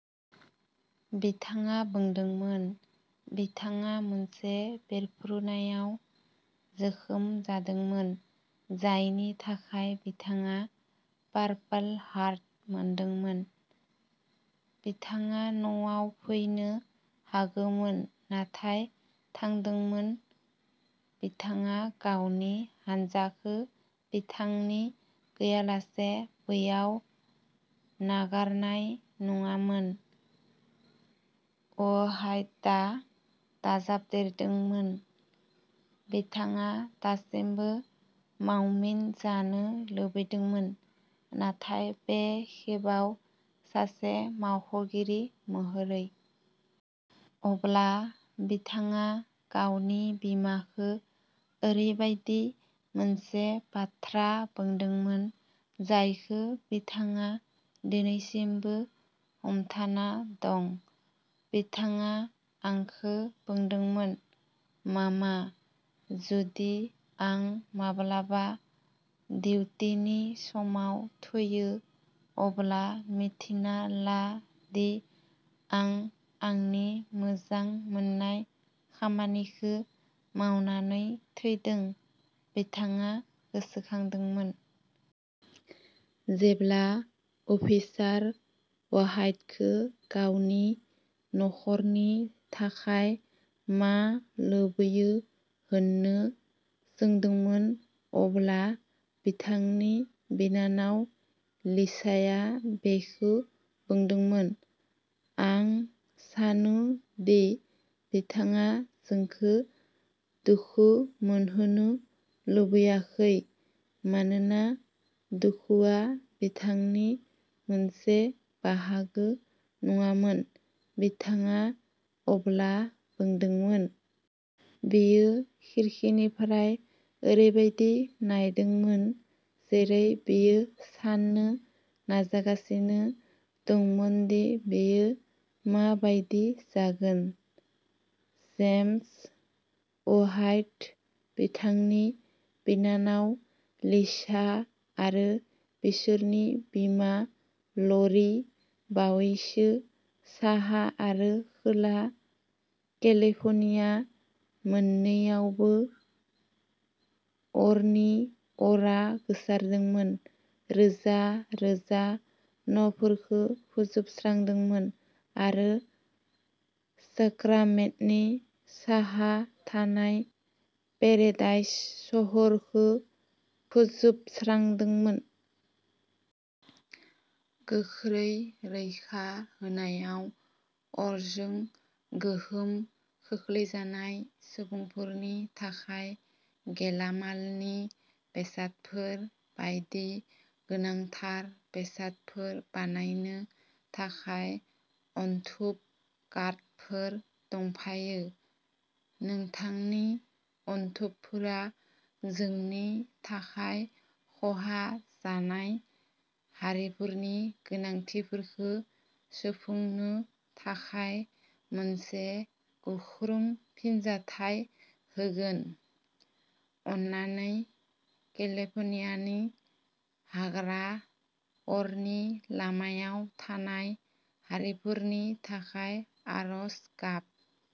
बिथाङा बुंदोंमोन। बिथाङा मोनसे बेरफ्रुनायाव जोखोम जादोंमोन जायनि थाखाय बिथाङा पारपल हार्ट मोनदोंमोन। बिथाङा न'आव फैनो हागौमोन नाथाय थादोंमोन। "बिथाङा गावनि हानजाखौ बिथांनि गैयालासे बैयाव नागारनाय नङामोन", अवहाइटआ दाजाबदेरदोंमोन। बिथाङा दासिमबो मावमिन जानो लुबैदोंमोन नाथाय बे खेबाव सासे मावख'गिरि महरै। अब्ला बिथाङा गावनि बिमाखौ ओरैबायदि मोनसे बाथ्रा बुंदोंमोन जायखौ बिथाङा दिनैसिमबो हमथाना दं। "बिथाङा आंखौ बुंदोंमोन, मामा, जुदि आं माब्लाबा डिउटिनि समाव थैयो, अब्ला मिथिना ला दि आं आंनि मोजां मोननाय खामानिखौ मावनानै थैदों", बिथाङा गोसोखांदोंमोन। जेब्ला अफिसार अवहाइटखौ गावनि नखरनि थाखाय मा लुबैयो होननो सोंदोंमोन, अब्ला बिथांनि बिनानाव लिसाया बेखौ बुंदोंमोन। "आं सानो दि बिथाङा जोंखौ दुखु मोनहोनो लुबैयाखै, मानोना दुखुआ बिथांनि मोनसे बाहागो नङामोन", बिथाङा अब्ला बुंदोंमोन। बियो खिरखिनिफ्राय ओरैबायदि नायदोंमोन जेरै बियो साननो नाजागासिनो दंमोन दि बेयो मा बायदि जागोन। जेम्स अवहाइट, बिथांनि बिनानाव लिसा आरो बिसोरनि बिमा ल'रि। बावैसो साहा आरो खोला केलिफ'र्निया मोननैआवबो अरनि अरआ गोसारदोंमोन, रोजा-रोजा न'फोरखौ फोजोबस्रांदोंमोन आरो साक्रामेन्ट’नि साहा थानाय पेरेडाइस सोहोरखौ फोजोबस्रांदोंमोन। गोख्रै रैखा होनायाव अरजों गोहोम खोख्लैजानाय सुबुंफोरनि थाखाय गेलामालनि बेसादफोर बायदि गोनांथार बेसादफोर बायनो थाखाय अनथोब कार्डफोर दंफायो। नोंथांनि अनथोबफोरा जोंनि थाखाय खहा जानाय हारिफोरनि गोनांथिफोरखौ सुफुंनो थाखाय मोनसे गोख्रों फिनजाथाय होगोन। अननानै केलिफ'र्नियानि हाग्रा अरनि लामायाव थानाय हारिफोरनि थाखाय आरज गाब।